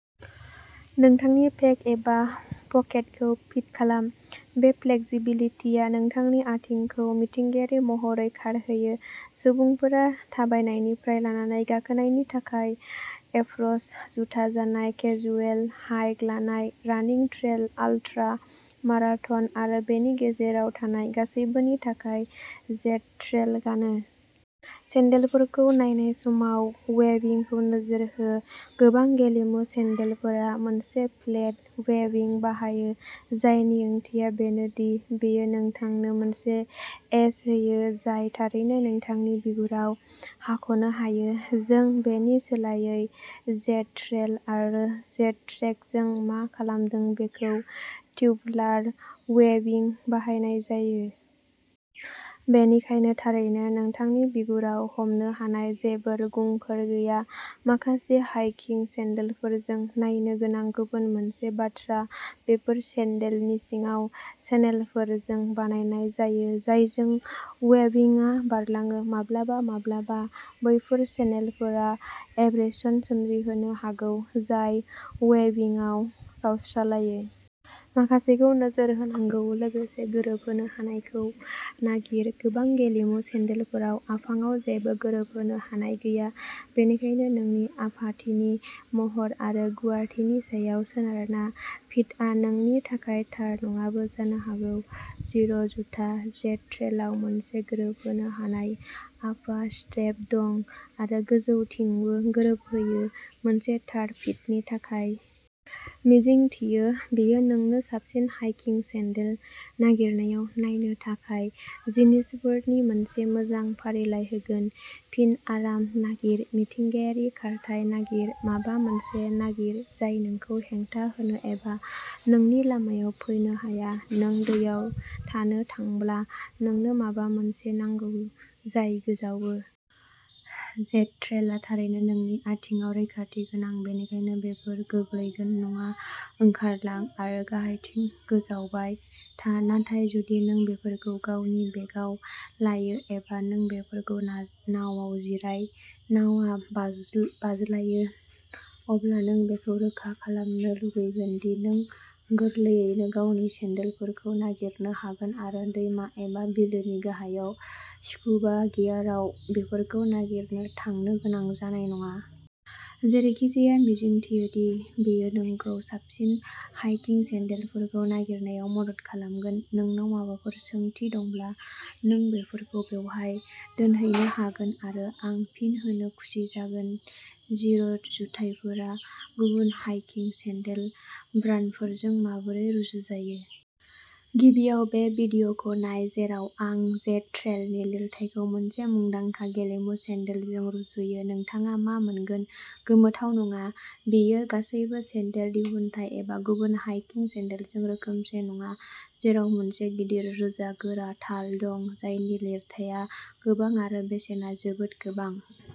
नोंथांनि पेक एबा पकेटखौ फिट खालाम। बे फ्लेक्सिबिलिटिआ नोंथांनि आथिंखौ मिथिंगायारि महरै खारहोयो। सुबुंफोरा थाबायनायनिफ्राय लानानै गाखोनायनि थाखाय एप्र’च जुथा जानाय, केजुएल हाइक लानाय, रानिं ट्रेल आल्ट्रा माराथन आरो बेनि गेजेराव थानाय गासैबोनि थाखाय जेड-ट्रेल गानो। सेन्डलफोरखौ नायनाय समाव, वेबिंखौ नोजोर हो। गोबां गेलेमु सेन्डलफोरा मोनसे फ्लेट वेबिं बाहायो, जायनि ओंथिया बेनो दि बेयो नोंथांनो मोनसे एज होयो जाय थारैनो नोंथांनि बिगुराव हाख'नो हायो। जों बेनि सोलायै जेड-ट्रेल आरो जेड-ट्रेकजों मा खालामदों बेखौ टिउबुलार वेबिं बाहायनाय जायो। बेनिखायनो थारैनो नोंथांनि बिगुराव हमनो हानाय जेबो रुगुंफोर गैया। माखासे हाइकिं सेन्डलफोरजों नायनो गोनां गुबुन मोनसे बाथ्रा बेफोर सेन्डलनि सिङाव चेनेलफोरजों बानायनाय जायो जायजों वेबिंआ बारलाङो। माब्लाबा माब्लाबा बैफोर चेनेलफोरा एब्रेशन सोमजिहोनो हागौ, जाय वेबिंआव गावस्रालायो। माखासेखौ नोजोर होनांगौ। लोगोसे, गोरोबहोनो हानायखौ नागिर। गोबां गेलेमु सेन्देलफोराव आफाङाव जेबो गोरोबहोनो हानाय गैया। बेनिखायनो, नोंनि आफाथिनि महर आरो गुवारथिनि सायाव सोनारना फिटआ नोंनि थाखाय थार नङाबो जानो हागौ। जिर' जुथा जेड-ट्रेलआव मोनसे गोरोबहोनो हानाय आफा स्ट्रेप दं आरो गोजौथिंबो गोरोबहोयो मोनसे थार फिटनि थाखाय। मिजिंथियो, बेयो नोंनो साबसिन हाइकिं सेन्देल नागिरनायाव नायनो थाखाय जिनिसफोरनि मोनसे मोजां फारिलाइ होगोन। फिन, आराम नागिर, मिथिंगायारि खारथाइ नागिर, माबा मोनसे नागिर जाय नोंखौ हेंथा होनो एबा नोंनि लामायाव फैनो हाया। नों दैयाव थानो थांब्ला, नोंनो माबा मोनसे नांगौ जाय गोजावो। जेड-ट्रेलआ थारैनो नोंनि आथिंआव रैखाथि गोनां, बेनिखायनो बेफोर गोग्लैगोन नङा। ओंखारलां आरो गाहायथिं गोजावबाय था। नाथाय जुदि नों बेफोरखौ गावनि बेगआव लायो एबा नों बेफोरखौ नावाव जिराय, नावआ बाज्लायो, अब्ला नों बेखौ रोखा खालामनो लुगैगोन दि नों गोरलैयैनो गावनि सेन्देलफोरखौ नागिरनो हागोन आरो दैमा एबा बिलोनि गाहायाव स्कुबा गियारआव बेफोरखौ नागिरनो थांनो गोनां जानाय नङा। जेरैखिजाया, मिजिंथियो दि बेयो नोंखौ साबसिन हाइकिं सेन्देलफोरखौ नागिरनायाव मदद खालामगोन। नोंनाव माबाफोर सोंथि दंब्ला, नों बेफोरखौ बेवहाय दोनहैनो हागोन आरो आं फिन होनो खुसि जागोन। जिर'जुथाफोरा गुबुन हाइकिं सेन्देल ब्रान्डफोरजों माबोरै रुजुजायो? गिबियाव बे भिडिय'खौ नाय जेराव आं जेड-ट्रेलनि लिरथायखौ मोनसे मुंदांखा गेलेमु सेन्देलजों रुजुयो। नोंथाङा मा मोनगोन, गोमोथाव नङा, बेयो गासैबो सेन्देल दिहुनथाय एबा गुबुन हाइकिं सेन्देलजों रोखोमसे नङा, जेराव मोनसे गिदिर, रोजा, गोरा थाल दं जायनि लिरथाया गोबां आरो बेसेना जोबोद गोबां।